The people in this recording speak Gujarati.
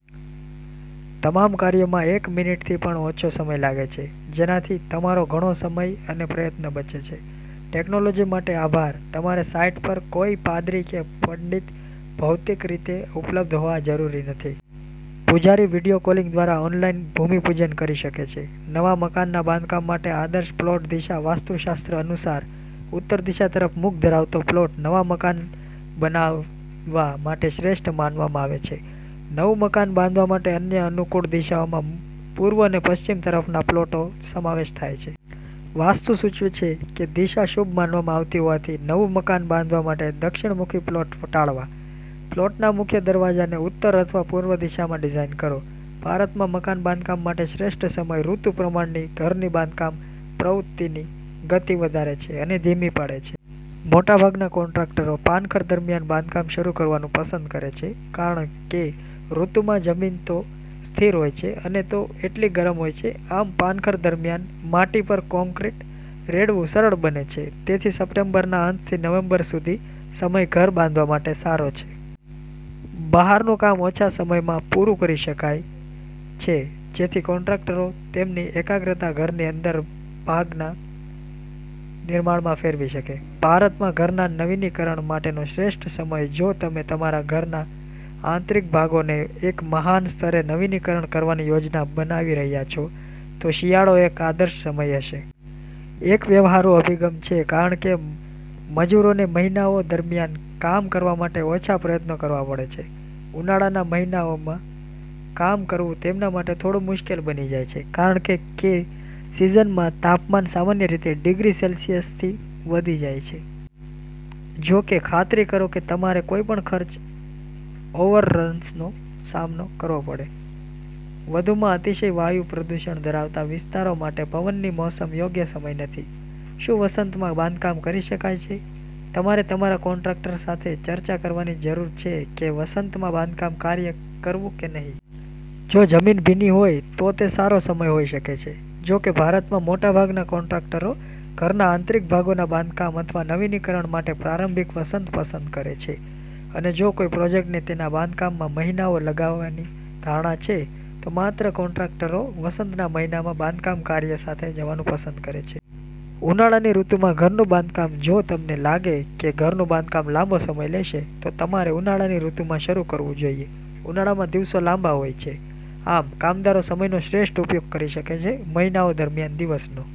તમામ કાર્યોમાં એક મિનિટથી પણ ઓછો સમય લાગે છે, જેનાથી તમારો ઘણો સમય અને પ્રયત્ન બચે છે. ટેક્નોલોજી માટે આભાર, તમારે સાઈટ પર કોઈ પાદરી કે પંડિત ભૌતિક રીતે ઉપલબ્ધ હોવા જરૂરી નથી. પૂજારી વીડિયો કોલિંગ દ્વારા ઓનલાઈન ભૂમિપૂજન કરી શકે છે. નવા મકાનના બાંધકામ માટે આદર્શ પ્લોટ દિશા વાસ્તુશાસ્ત્ર અનુસાર, ઉત્તર દિશા તરફ મુખ ધરાવતો પ્લોટ નવા મકાન બનાવવા માટે શ્રેષ્ઠ માનવામાં આવે છે. નવું મકાન બાંધવા માટે અન્ય અનુકૂળ દિશાઓમાં પૂર્વ અને પશ્ચિમ તરફના પ્લોટનો સમાવેશ થાય છે. વાસ્તુ સૂચવે છે કે દિશા શુભ માનવામાં આવતીહોવાથી નવું મકાન બાંધવા માટે દક્ષિણમુખી પ્લોટ ટાળવા. પ્લોટના મુખ્ય દરવાજાને ઉત્તર અથવા પૂર્વ દિશામાં ડિઝાઇન કરો. ભારતમાં મકાન બાંધકામ માટે શ્રેષ્ઠ સમય ઋતુ પ્રમાણે ઘરની બાંધકામ પ્રવૃત્તિની ગતિ વધે છે અથવા ધીમી પડે છે. મોટાભાગના કોન્ટ્રાક્ટરો પાનખર દરમિયાન બાંધકામ શરૂ કરવાનું પસંદ કરે છે કારણ કેઋતુમાં જમીનતો સ્થિર હોય છે અનેતો એટલી ગરમ હોય છે. આમ, પાનખર દરમિયાન માટી પર કોંક્રિટ રેડવું સરળ બને છે. તેથી, સપ્ટેમ્બરના અંતથી નવેમ્બર સુધીનો સમય ઘર બાંધવા માટે સારો છે. બહારનું કામ ઓછા સમયમાં પૂરું કરી શકાય છે જેથી કોન્ટ્રાક્ટરો તેમની એકાગ્રતા ઘરની અંદરના ભાગના નિર્માણમાં ફેરવી શકે. ભારતમાં ઘરના નવીનીકરણ માટેનો શ્રેષ્ઠ સમય જો તમે તમારા ઘરના આંતરિક ભાગોને એક મહાન સ્તરે નવીનીકરણ કરવાની યોજના બનાવી રહ્યા છો, તો શિયાળો એક આદર્શ સમય હશે. એક વ્યવહારુ અભિગમ છે કારણ કે મજૂરોનેમહિનાઓ દરમિયાન કામ કરવા માટે ઓછા પ્રયત્નો કરવા પડે છે. ઉનાળાના મહિનાઓમાં કામ કરવું તેમના માટે થોડું મુશ્કેલ બની જાય છે કારણ કેસિઝનમાં તાપમાન સામાન્ય રીતે ડિગ્રી સેલ્સિયસ સુધી જાય છે. જો કે, ખાતરી કરો કે તમારે કોઈપણ ખર્ચ ઓવરરન્સનો સામનો કરવોપડે. વધુમાં, અતિશય વાયુ પ્રદૂષણ ધરાવતા વિસ્તારો માટે પવનની મોસમ યોગ્ય સમય નથી. શું વસંતમાં બાંધકામ કરી શકાય છે? તમારે તમારા કોન્ટ્રાક્ટર સાથે ચર્ચા કરવાની જરૂર છે કે વસંતમાં બાંધકામ કાર્ય શરૂ કરવું કે નહીં. જો જમીન ભીનીહોય, તો તે સારો સમય હોઈ શકે છે. જો કે, ભારતમાં, મોટાભાગના કોન્ટ્રાક્ટરો ઘરના આંતરિક ભાગોના બાંધકામ અથવા નવીનીકરણ માટે પ્રારંભિક વસંત પસંદ કરે છે. અને જો કોઈ પ્રોજેક્ટને તેના બાંધકામમાં મહિનાઓ લાગવાની ધારણા છે, તો માત્ર કોન્ટ્રાક્ટરો વસંતના મહિનામાં બાંધકામ કાર્ય સાથે જવાનું પસંદ કરે છે. ઉનાળાની ઋતુમાં ઘરનું બાંધકામ જો તમને લાગે કે ઘરનું બાંધકામ લાંબો સમય લેશે, તો તમારે ઉનાળાની ઋતુમાં શરૂ કરવું જોઈએ. ઉનાળામાં દિવસો લાંબા હોય છેઆમ, કામદારો સમયનો શ્રેષ્ઠ ઉપયોગ કરી શકે છે. મહિનાઓ દરમિયાન દિવસનો